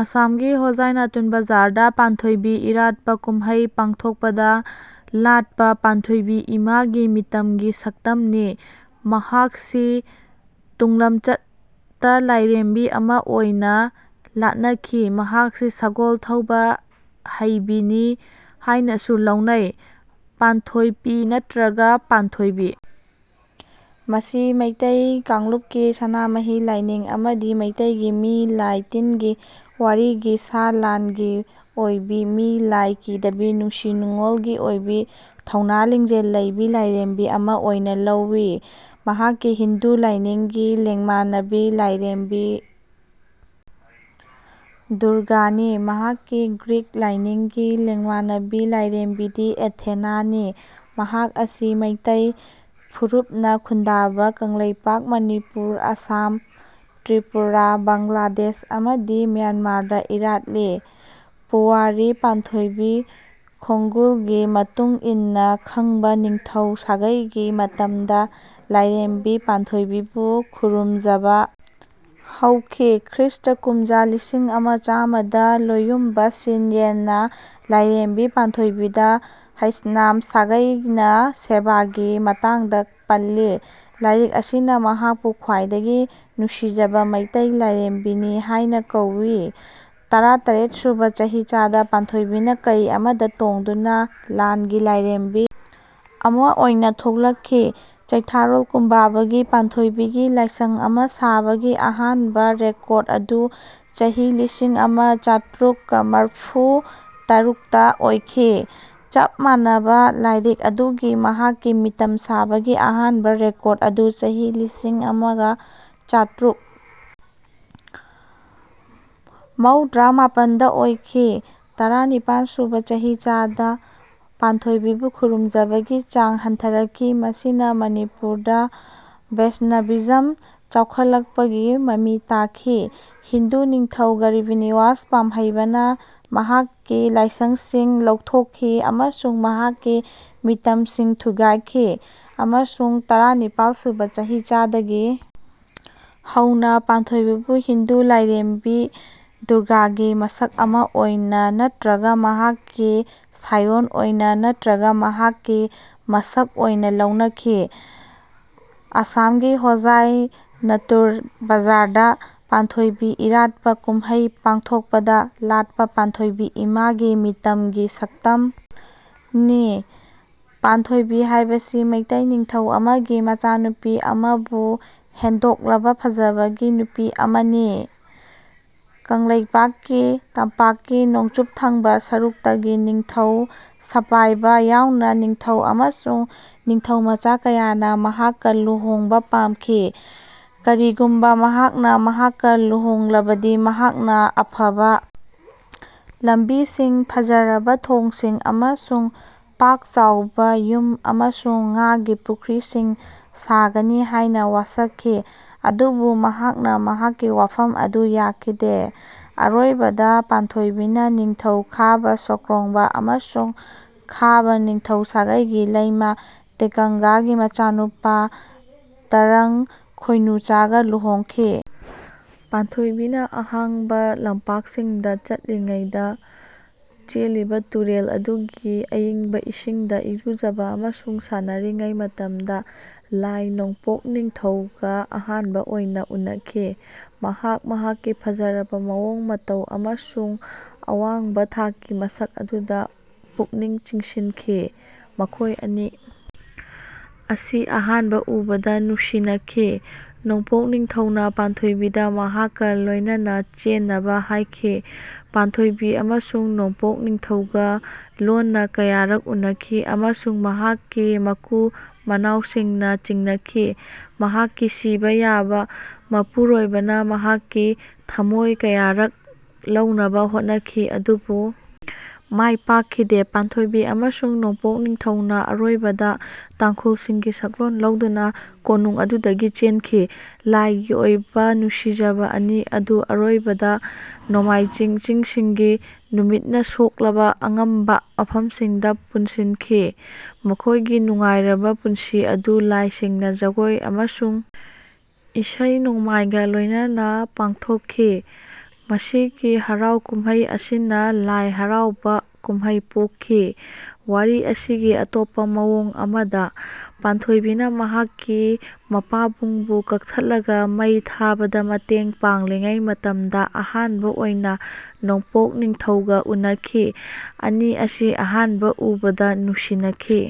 ꯑꯁꯥꯝ ꯒꯤ ꯍꯣꯖꯥꯢ ꯅꯇꯨꯟ ꯕꯖꯥꯔ ꯗ ꯄꯥꯟꯊꯣꯢꯕꯤ ꯏꯔꯥꯠꯄ ꯀꯨꯝꯍꯩ ꯄꯥꯡꯊꯣꯛꯄꯗ ꯂꯥꯠꯄ ꯄꯥꯟꯊꯣꯢꯕꯤ ꯏꯃꯥ ꯒꯤ ꯃꯤꯇꯝ ꯒꯤ ꯁꯛꯇꯝ ꯅꯤ꯫ ꯃꯍꯥꯛꯁꯤ ꯇꯨꯡꯂꯝꯆꯠꯇ ꯂꯥꯢꯔꯦꯝꯕꯤ ꯑꯃ ꯑꯣꯢꯅ ꯂꯥꯠꯅꯈꯤ꯫ ꯃꯍꯥꯛꯁꯤ ꯁꯒꯣꯜ ꯊꯧꯕ ꯍꯩꯕꯤꯅꯤ ꯍꯥꯢꯅꯁꯨ ꯂꯧꯅꯩ꯫ ꯄꯥꯟꯊꯣꯢꯄꯤ ꯅꯠꯇ꯭ꯔꯒ ꯄꯥꯟꯊꯣꯢꯕꯤ ꯑꯁꯤ ꯃꯤꯇꯩ ꯀꯥꯡꯂꯨꯞꯀꯤ ꯁꯅꯥꯃꯍꯤ ꯂꯥꯏꯅꯤꯡ ꯑꯃꯗꯤ ꯃꯩꯇꯩꯒꯤ ꯃꯤ ꯂꯥꯢ ꯇꯤꯟꯒꯤ ꯋꯥꯔꯤꯒꯤ ꯁꯥ ꯂꯥꯟ ꯒꯤ ꯑꯣꯢꯕꯤ ꯃꯤ ꯂꯥꯢ ꯀꯤꯗꯕꯤ ꯅꯨꯡꯁꯤ ꯅꯨꯡꯑꯣꯜꯒꯤ ꯑꯣꯢꯕꯤ ꯊꯧꯅꯥ ꯂꯤꯡꯖꯦꯜ ꯂꯩꯕꯤ ꯂꯥꯢꯔꯦꯝꯕꯤ ꯑꯃ ꯑꯣꯢꯅ ꯂꯧꯢ꯫ ꯃꯍꯥꯛꯀꯤ ꯍꯤꯟꯗꯨ ꯂꯥꯢꯅꯤꯡꯒꯤ ꯂꯦꯡꯃꯥꯟꯅꯕꯤ ꯂꯥꯢꯔꯦꯝꯃꯗꯤ ꯗꯨꯔꯒꯥꯅꯤ꯫ ꯃꯍꯥꯛꯀꯤ ꯒ꯭ꯔꯤꯛ ꯂꯥꯢꯅꯤꯡꯒꯤ ꯂꯦꯡꯃꯥꯟꯅꯕꯤ ꯂꯥꯢꯔꯦꯝꯕꯤꯗꯤ ꯑꯦꯊꯦꯅꯥ ꯅꯤ꯫ ꯃꯍꯥꯛ ꯑꯁꯤ ꯃꯤꯇꯩ ꯐꯨꯔꯨꯞꯅ ꯈꯨꯟꯗꯥꯕ ꯀꯪꯂꯩꯄꯥꯛ ꯃꯅꯤꯄꯨꯔ ꯑꯁꯥꯝ ꯇ꯭ꯔꯤꯄꯨꯔꯥ ꯕꯪꯂꯥꯗꯦꯁ ꯑꯃꯗꯤ ꯃ꯭ꯌꯥꯟꯃꯥꯔꯗ ꯏꯔꯥꯠꯂꯤ꯫ ꯄꯨꯋꯥꯔꯤ ꯄꯥꯟꯊꯣꯏꯕꯤ ꯈꯣꯡꯒꯨꯜꯒꯤ ꯃꯇꯨꯡ ꯏꯟꯅ ꯈꯥꯕ ꯅꯤꯡꯊꯧ ꯁꯥꯒꯩꯒꯤ ꯃꯇꯝꯗ ꯂꯥꯏꯔꯦꯝꯕꯤ ꯄꯥꯟꯊꯣꯏꯕꯤꯕꯨ ꯈꯨꯔꯨꯝꯖꯕ ꯍꯧꯈꯤ꯫ ꯈ꯭ꯔꯤꯁꯇ ꯄꯨꯝꯖꯥ ꯂꯤꯁꯤꯡ ꯑꯃ ꯆꯥꯝꯃꯗ ꯂꯣꯌꯨꯝꯕ ꯁꯤꯟꯌꯦꯟꯅ ꯂꯥꯏꯔꯦꯝꯕꯤ ꯄꯥꯟꯊꯣꯏꯕꯤꯗ ꯍꯥꯏꯁꯅꯝ ꯁꯥꯒꯩꯅ ꯁꯦꯕꯥꯒꯤ ꯃꯇꯥꯡꯗ ꯄꯜꯂꯤ꯫ ꯂꯥꯏꯔꯤꯛ ꯑꯁꯤꯅ ꯃꯍꯥꯛꯄꯨ ꯈ꯭ꯋꯥꯏꯗꯒꯤ ꯅꯨꯡꯁꯤꯖꯕ ꯃꯩꯇꯩ ꯂꯥꯏꯔꯦꯝꯕꯤꯅꯤ ꯍꯥꯏꯅ ꯀꯧꯏ꯫ ꯇꯔꯥꯇꯔꯦꯠ ꯁꯨꯕ ꯆꯍꯤꯆꯥꯗ ꯄꯥꯟꯊꯣꯏꯕꯤꯅ ꯀꯩ ꯑꯃꯗ ꯊꯧꯗꯨꯅ ꯂꯥꯟꯒꯤ ꯂꯥꯏꯔꯦꯝꯕꯤ ꯑꯃ ꯑꯣꯏꯅ ꯊꯣꯛꯂꯛꯈꯤ꯫ ꯆꯩꯊꯥꯔꯣꯜ ꯀꯨꯝꯕꯥꯕꯥꯒꯤ ꯄꯥꯟꯊꯣꯏꯕꯤꯒꯤ ꯂꯥꯏꯁꯪ ꯑꯃ ꯁꯥꯕꯒꯤ ꯑꯍꯥꯟꯕ ꯔꯦꯀꯣꯔ꯭ꯗ ꯑꯗꯨ ꯆꯍꯤ ꯂꯤꯁꯤꯡ ꯑꯃ ꯆꯥꯇ꯭ꯔꯨꯛ ꯃꯔꯐꯨ ꯇꯔꯨꯛꯇ ꯑꯣꯏꯈꯤ꯫ ꯆꯞ ꯃꯥꯟꯅꯕ ꯂꯥꯏꯔꯤꯛ ꯑꯗꯨꯒꯤ ꯃꯍꯥꯛꯀꯤ ꯃꯤꯇꯝ ꯁꯥꯕꯒꯤ ꯑꯍꯥꯟꯕ ꯔꯦꯀꯣꯔ꯭ꯗ ꯑꯗꯨ ꯆꯍꯤ ꯂꯤꯁꯤꯡ ꯑꯃ ꯆꯥꯇ꯭ꯔꯨꯛ ꯃꯧꯗ꯭ꯔꯥ ꯃꯥꯄꯟꯗ ꯑꯣꯏꯈꯤ꯫ ꯇꯔꯥꯅꯤꯄꯥꯟ ꯁꯨꯕ ꯆꯍꯤꯆꯥꯗ ꯄꯥꯟꯊꯣꯏꯕꯤꯕꯨ ꯈꯨꯔꯨꯝꯖꯕꯒꯤ ꯆꯥꯡ ꯍꯟꯊꯔꯛꯈꯤ ꯃꯁꯤꯅ ꯃꯅꯤꯄꯨꯔꯗ ꯕꯩꯁꯅꯚꯤꯖꯝ ꯆꯥꯎꯈꯠꯂꯛꯄꯒꯤ ꯃꯃꯤ ꯇꯥꯈꯤ꯫ ꯍꯤꯟꯗꯨ ꯅꯤꯡꯊꯧ ꯒꯔꯤꯕ ꯅꯤꯋꯥꯖ ꯄꯥꯝꯍꯩꯕꯥ ꯅ ꯃꯍꯥꯛꯀꯤ ꯂꯥꯏꯁꯪꯁꯤꯡ ꯂꯧꯊꯣꯛꯈꯤ ꯑꯃꯁꯨꯡ ꯃꯍꯥꯛꯀꯤ ꯃꯤꯇꯝꯁꯤꯡ ꯊꯨꯒꯥꯏꯈꯤ ꯑꯃꯁꯨꯡ ꯇꯔꯥꯅꯤꯄꯥꯜ ꯁꯨꯕ ꯆꯍꯤꯆꯥꯗꯒꯤ ꯍꯧꯅ ꯄꯥꯟꯊꯣꯏꯕꯤꯕꯨ ꯍꯤꯟꯗꯨ ꯂꯥꯏꯔꯦꯝꯕꯤ ꯗꯨꯔꯒꯥꯒꯤ ꯃꯁꯛ ꯑꯃ ꯑꯣꯏꯅ ꯅꯠꯇ꯭ꯔꯒ ꯃꯍꯥꯛꯀꯤ ꯁꯥꯌꯣꯟ ꯑꯣꯏꯅ ꯅꯠꯇ꯭ꯔꯒ ꯃꯍꯥꯛꯀꯤ ꯃꯁꯛ ꯑꯣꯏꯅ ꯂꯧꯅꯈꯤ꯫ ꯑꯁꯥꯝꯒꯤ ꯍꯣꯖꯥꯢ ꯅꯇꯨꯟ ꯕꯖꯥꯔ ꯗ ꯄꯥꯟꯊꯣꯢꯕꯤ ꯏꯔꯥꯠꯄ ꯀꯨꯝꯍꯩ ꯄꯥꯡꯊꯣꯛꯄꯗ ꯂꯥꯠꯄ ꯄꯥꯟꯊꯣꯢꯕꯤ ꯏꯃꯥ ꯒꯤ ꯃꯤꯇꯝ ꯒꯤ ꯁꯛꯇꯝ ꯅꯤ꯫ ꯄꯥꯟꯊꯣꯏꯕꯤ ꯍꯥꯏꯕꯁꯤ ꯃꯩꯇꯩ ꯅꯤꯡꯊꯧ ꯑꯃꯒꯤ ꯃꯆꯥꯅꯨꯄꯤ ꯑꯃꯥꯕꯨ ꯍꯦꯟꯗꯣꯛꯂꯕ ꯐꯖꯕꯒꯤ ꯅꯨꯄꯤ ꯑꯃꯅꯤ꯫ ꯀꯪꯂꯩꯄꯥꯛꯀꯤ ꯇꯝꯄꯥꯛꯀꯤ ꯅꯣꯡꯆꯨꯞ ꯊꯪꯕ ꯁꯔꯨꯛꯇꯒꯤ ꯅꯤꯡꯊꯧ ꯁꯄꯥꯏꯕꯥ ꯌꯥꯎꯅ ꯅꯤꯡꯊꯧ ꯑꯃꯁꯨꯡ ꯅꯤꯡꯊꯧꯃꯆꯥ ꯀꯌꯥꯅ ꯃꯍꯥꯛꯀ ꯂꯨꯍꯣꯡꯕ ꯄꯥꯝꯈꯤ꯫ ꯀꯔꯤꯒꯨꯝꯕ ꯃꯍꯥꯛꯅ ꯃꯍꯥꯛꯀ ꯂꯨꯍꯣꯡꯂꯕꯗꯤ ꯃꯍꯥꯛꯅ ꯑꯐꯕ ꯂꯝꯕꯤꯁꯤꯡ ꯐꯖꯔꯕ ꯊꯣꯡꯁꯤꯡ ꯑꯃꯁꯨꯡ ꯄꯥꯛꯆꯥꯎꯕ ꯌꯨꯝ ꯑꯃꯁꯨꯡ ꯉꯥꯒꯤ ꯄꯨꯈ꯭ꯔꯤꯁꯤꯡ ꯁꯥꯒꯅꯤ ꯍꯥꯏꯅ ꯋꯥꯁꯛꯈꯤ ꯑꯗꯨꯕꯨ ꯃꯍꯥꯛꯅ ꯃꯍꯥꯛꯀꯤ ꯋꯥꯐꯝ ꯑꯗꯨ ꯌꯥꯈꯤꯗꯦ꯫ ꯑꯔꯣꯏꯕꯗ ꯄꯥꯟꯊꯣꯏꯕꯤꯅ ꯅꯤꯡꯊꯧ ꯈꯥꯕ ꯁꯣꯀ꯭ꯔꯣꯡꯕꯥ ꯑꯃꯁꯨꯡ ꯈꯥꯕꯥ ꯅꯤꯡꯊꯧ ꯁꯥꯒꯩꯒꯤ ꯂꯩꯃ ꯇꯦꯀꯪꯒꯥꯒꯤ ꯃꯆꯥꯅꯨꯄꯥ ꯇꯔꯥꯡ ꯈꯣꯏꯅꯨꯆꯥꯒ ꯂꯨꯍꯣꯡꯈꯤ꯫ ꯄꯥꯟꯊꯣꯏꯕꯤꯅ ꯑꯍꯥꯡꯕ ꯂꯝꯄꯥꯛꯁꯤꯡꯗ ꯆꯠꯂꯤꯉꯩꯗ ꯆꯦꯜꯂꯤꯕ ꯇꯨꯔꯦꯜ ꯑꯗꯨꯒꯤ ꯑꯏꯪꯕ ꯏꯁꯤꯡꯗ ꯏꯔꯨꯖꯕ ꯑꯃꯁꯨꯡ ꯁꯥꯟꯅꯔꯤꯉꯩ ꯃꯇꯝꯗ ꯂꯥꯏ ꯅꯣꯡꯄꯣꯛ ꯅꯤꯡꯊꯧꯒ ꯑꯍꯥꯟꯕ ꯑꯣꯏꯅ ꯎꯅꯈꯤ꯫ ꯃꯍꯥꯛ ꯃꯍꯥꯛꯀꯤ ꯐꯖꯔꯕ ꯃꯑꯣꯡ ꯃꯇꯧ ꯑꯃꯁꯨꯡ ꯑꯋꯥꯡꯕ ꯊꯥꯛꯀꯤ ꯃꯁꯛ ꯑꯗꯨꯗ ꯄꯨꯛꯅꯤꯡ ꯆꯤꯡꯁꯤꯟꯈꯤ꯫ ꯃꯈꯣꯏ ꯑꯅꯤ ꯑꯁꯤ ꯑꯍꯥꯟꯕ ꯎꯕꯗ ꯅꯨꯡꯁꯤꯅꯈꯤ꯫ ꯅꯣꯡꯄꯣꯛ ꯅꯤꯡꯊꯧꯅ ꯄꯥꯟꯊꯣꯏꯕꯤꯗ ꯃꯍꯥꯛꯀ ꯂꯣꯏꯅꯅ ꯆꯦꯟꯅꯕ ꯍꯥꯏꯈꯤ꯫ ꯄꯥꯟꯊꯣꯏꯕꯤ ꯑꯃꯁꯨꯡ ꯅꯣꯡꯄꯣꯛ ꯅꯤꯡꯊꯧꯒ ꯂꯣꯟꯅ ꯀꯌꯥꯔꯛ ꯎꯅꯈꯤ ꯑꯃꯁꯨꯡ ꯃꯍꯥꯛꯀꯤ ꯃꯀꯨ ꯃꯅꯥꯎꯁꯤꯡꯅ ꯆꯤꯡꯅꯈꯤ꯫ ꯃꯍꯥꯛꯀꯤ ꯁꯤꯕ ꯌꯥꯕ ꯃꯄꯨꯔꯣꯏꯕꯅ ꯃꯍꯥꯛꯀꯤ ꯊꯃꯣꯏ ꯀꯌꯥꯔꯛ ꯂꯧꯅꯕ ꯍꯣꯠꯅꯈꯤ ꯑꯗꯨꯕꯨ ꯃꯥꯏ ꯄꯥꯛꯈꯤꯗꯦ꯫ ꯄꯥꯟꯊꯣꯏꯕꯤ ꯑꯃꯁꯨꯡ ꯅꯣꯡꯄꯣꯛ ꯅꯤꯡꯊꯧꯅ ꯑꯔꯣꯏꯕꯗ ꯇꯥꯡꯈꯨꯜꯁꯤꯡꯒꯤ ꯁꯛꯂꯣꯟ ꯂꯧꯗꯨꯅ ꯀꯣꯅꯨꯡ ꯑꯗꯨꯗꯒꯤ ꯆꯦꯟꯈꯤ꯫ ꯂꯥꯏꯒꯤ ꯑꯣꯏꯕ ꯅꯨꯡꯁꯤꯖꯕ ꯑꯅꯤ ꯑꯗꯨ ꯑꯔꯣꯏꯕꯗ ꯅꯣꯡꯃꯥꯏꯆꯤꯡ ꯆꯤꯡꯁꯤꯡꯒꯤ ꯅꯨꯃꯤꯠꯅ ꯁꯣꯛꯂꯕ ꯑꯉꯝꯕ ꯃꯐꯝꯁꯤꯡꯗ ꯄꯨꯟꯁꯤꯟꯈꯤ꯫ ꯃꯈꯣꯏꯒꯤ ꯅꯨꯡꯉꯥꯏꯔꯕ ꯄꯨꯟꯁꯤ ꯑꯗꯨ ꯂꯥꯏꯁꯤꯡꯅ ꯖꯒꯣꯏ ꯑꯃꯁꯨꯡ ꯏꯁꯩ ꯅꯣꯡꯃꯥꯏꯒ ꯂꯣꯏꯅꯅ ꯄꯥꯡꯊꯣꯛꯈꯤ꯫ ꯃꯁꯤꯒꯤ ꯍꯔꯥꯎ ꯀꯨꯝꯍꯩ ꯑꯁꯤꯅ ꯂꯥꯏ ꯍꯔꯥꯎꯕꯥ ꯀꯨꯝꯍꯩ ꯄꯣꯛꯈꯤ꯫ ꯋꯥꯔꯤ ꯑꯁꯤꯒꯤ ꯑꯇꯣꯞꯄ ꯃꯑꯣꯡ ꯑꯃꯗ ꯄꯥꯟꯊꯣꯏꯕꯤꯅ ꯃꯍꯥꯛꯀꯤ ꯃꯄꯥꯕꯨꯡꯕꯨ ꯀꯛꯊꯠꯂꯒ ꯃꯩ ꯊꯥꯕꯗ ꯃꯇꯦꯡ ꯄꯥꯡꯂꯤꯉꯩ ꯃꯇꯝꯗ ꯑꯍꯥꯟꯕ ꯑꯣꯏꯅ ꯅꯣꯡꯄꯣꯛ ꯅꯤꯡꯊꯧꯒ ꯎꯅꯈꯤ꯫ ꯑꯅꯤ ꯑꯁꯤ ꯑꯍꯥꯟꯕ ꯎꯕꯗ ꯅꯨꯡꯁꯤꯅꯈꯤ꯫